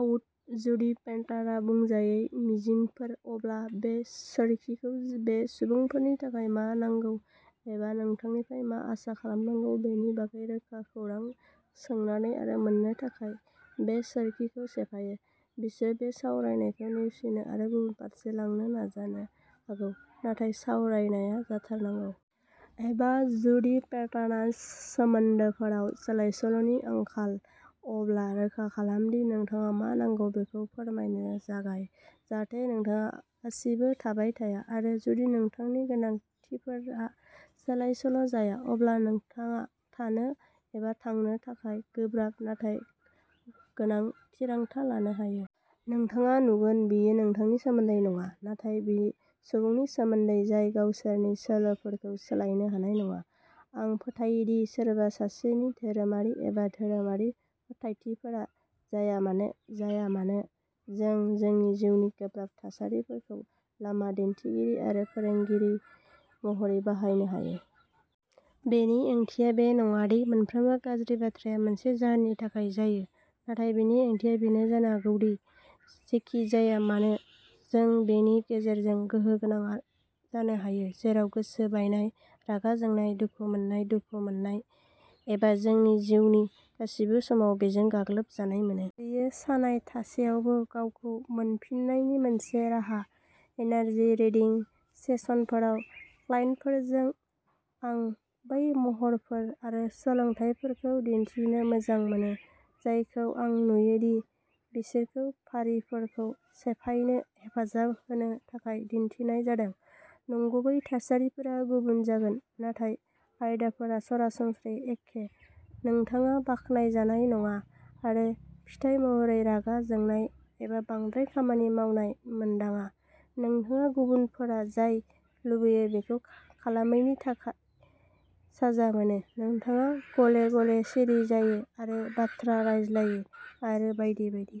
Out. जुदि पेटार्नआ बुंजायै मिजिंफोर, अब्ला बे सोरखिखौ बे सुबुंफोरनि थाखाय मा नांगौ एबा नोंथांनिफ्राय मा आसा खालामनांगौ बेनि बागै रोखा खौरां सोंनानै आरो मोन्नो थाखाय बे सोरखिखौ सिफायो। बिसोरो बे सावरायनायखौ नेवसिनो आरो गुबुन फारसे लांनो नाजानो हागौ, नाथाय सावरायनाया जाथारनांगौ। एबा, जुदि पेटार्नआ सोमोन्दोफोराव सोलायसोल'नि आंखाल, अब्ला रोखा खालाम दि नोंथाङा मा नांगौ बेखौ फोरमायनो जागाय, जाहाथे नोंथाङा गासिबो थाबाय-थांया आरो जुदि नोंथांनि गोनांथिफोरा सोलायसोल'जाया, अब्ला नोंथाङा थानो एबा थांनो थाखाय गोब्राब नाथाय गोनां थिरांथा लानो हायो। नोंथाङा नुगोन बेयो नोंथांनि सोमोन्दै नङा, नाथाय बे सुबुंनि सोमोन्दै जाय गावसोरनि सोलोफोरखौ सोलायनो हानाय नङा। आं फोथायो दि सोरबा सासेनि धोरोमारि एबा धोरोमारि फोथायथिफोर जायामानो जाया मानो, जों जोंनि जिउनि गोब्राब थासारिफोरखौ लामा दिन्थिगिरि आरो फोरोंगिरि महरै बाहायनो हायो। बेनि ओंथिया बे नङा दि मोनफ्रोमबो गाज्रि बाथ्राया मोनसे जाहोननि थाखाय जायो, नाथाय बेनि ओंथिया बेनो जानो हागौ दि जेखि जाया मानो, जों बेनि गेजेरजों गोहो गोनां जानो हायो जेराव गोसो बायनाय, रागा जोंनाय, दुखु मोननाय, दुखु मोननाय, एबा जोंनि जिउनि गासिबो समाव बेजों गाग्लोब जानाय मोनो। बेयो सानाय थासेयावबो गावखौ मोनफिननायनि मोनसे राहा। एनार्जि रिडिं सेसनफोराव क्लाइन्टफोरजों, आं बै महरफोर आरो सोलोंथायफोरखौ दिन्थिनो मोजां मोनो जायखौ आं नुयो दि बिसोरखौ फारिफोरखौ सिफायनो हेफाजाब होनो थाखाय दिन्थिनाय जादों। नंगुबै थासारिफोरा गुबुन जागोन नाथाय आयदाफोरा सरासनस्रायै एखेः नोंथाङा बाख्नायजानाय नङा आरो फिथाय महरै रागा जोंनाय एबा बांद्राय खामानि मावनाय मोनदाङा; नोंथाङा गुबुनफोरा जाय लुबैयो बेखौ खालामैनि थाखाय साजा मोनो; नोंथाङा गले-गले सिरि जायो आरो बाथ्रा रायज्लायो, आरो बायदि बायदि।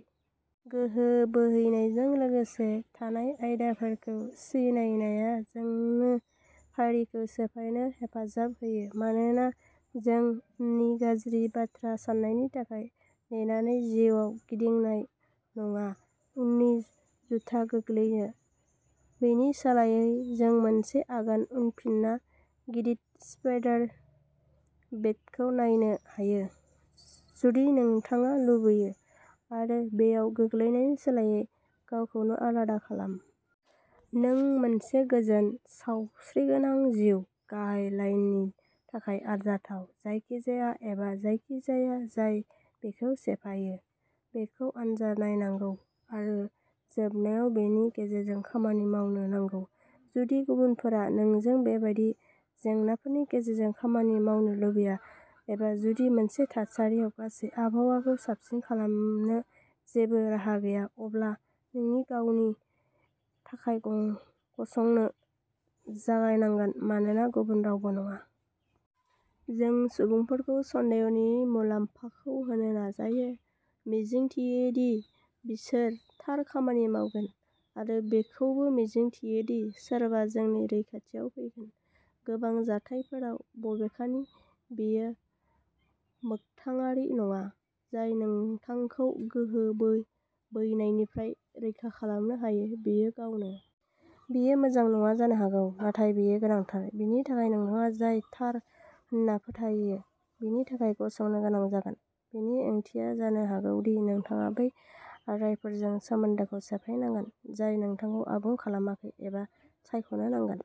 गोहो बोहैनायजों लोगोसे थानाय आयदाफोरखौ सिनायनाया जोंनो फारिखौ सिफायनो हेफाजाब होयो मानोना जों उननि "गाज्रि" बाथ्रा जानायनि थाखाय नेनानै जिउआव गिदिंनाय नङा-उननि जुथा गोग्लैनो। बेनि सोलायै, जों मोनसे आगान उनफिनना गिदिर स्पाइडार वेबखौ नायनो हायो, जुदि नोंथाङा लुबैयो, आरो बेयाव गोग्लैनायनि सोलायै गावखौनो आलादा खालाम। नों मोनसे गोजोन, सावस्रिगोनां जिउ, गाहाय लाइननि थाखाय आरजाथाव। जायखिजाया एबा जायखिजाया जाय बेखौ सिफायो, बेखौ आनजाद नायनांगौ आरो जोबनायाव बेनि गेजेरजों खामानि मावनो नांगौ। जुदि गुबुनफोरा नोंजों बेबादि जेंनाफोरनि गेजेरजों खामानि मावनो लुबैया, एबा जुदि मोनसे थासारियाव गासै आबहावाखौ साबसिन खालामनो जेबो राहा गैया, अब्ला नों गावनि थाखाय गसंनो जागायनांगोन-मानोना गुबुन रावबो नङा। जों सुबुंफोरखौ सन्देहनि मुलाम्फाखौ होनो नाजायो, मिजिंथियो दि बिसोरो थार खामानि मावगोन, आरो बेखौबो मिजिंथियो दि सोरबा जोंनि रैखाथियाव फैगोन। गोबां जाथायफोराव, बबेखानि, बेयो मोगथाङारि नङा। जाय नोंथांखौ गोहो बोहैनायनिफ्राय रैखा खालामनो हायो, बियो गावनो। बेयो मोजां नङा जानो हागौ, नाथाय बेयो गोनांथार। बेनि थाखाय नोंथाङा जाय थार होनना फोथायो, बेनि थाखाय गसंनो गोनां जागोन। बेनि ओंथिया जानो हागौ दि नोंथाङा बै रादायफोरजों सोमोन्दोखौ सिफायनांगोन जाय नोंथांखौ आबुं खालामाखै, एबा सायख'नो नांगोन।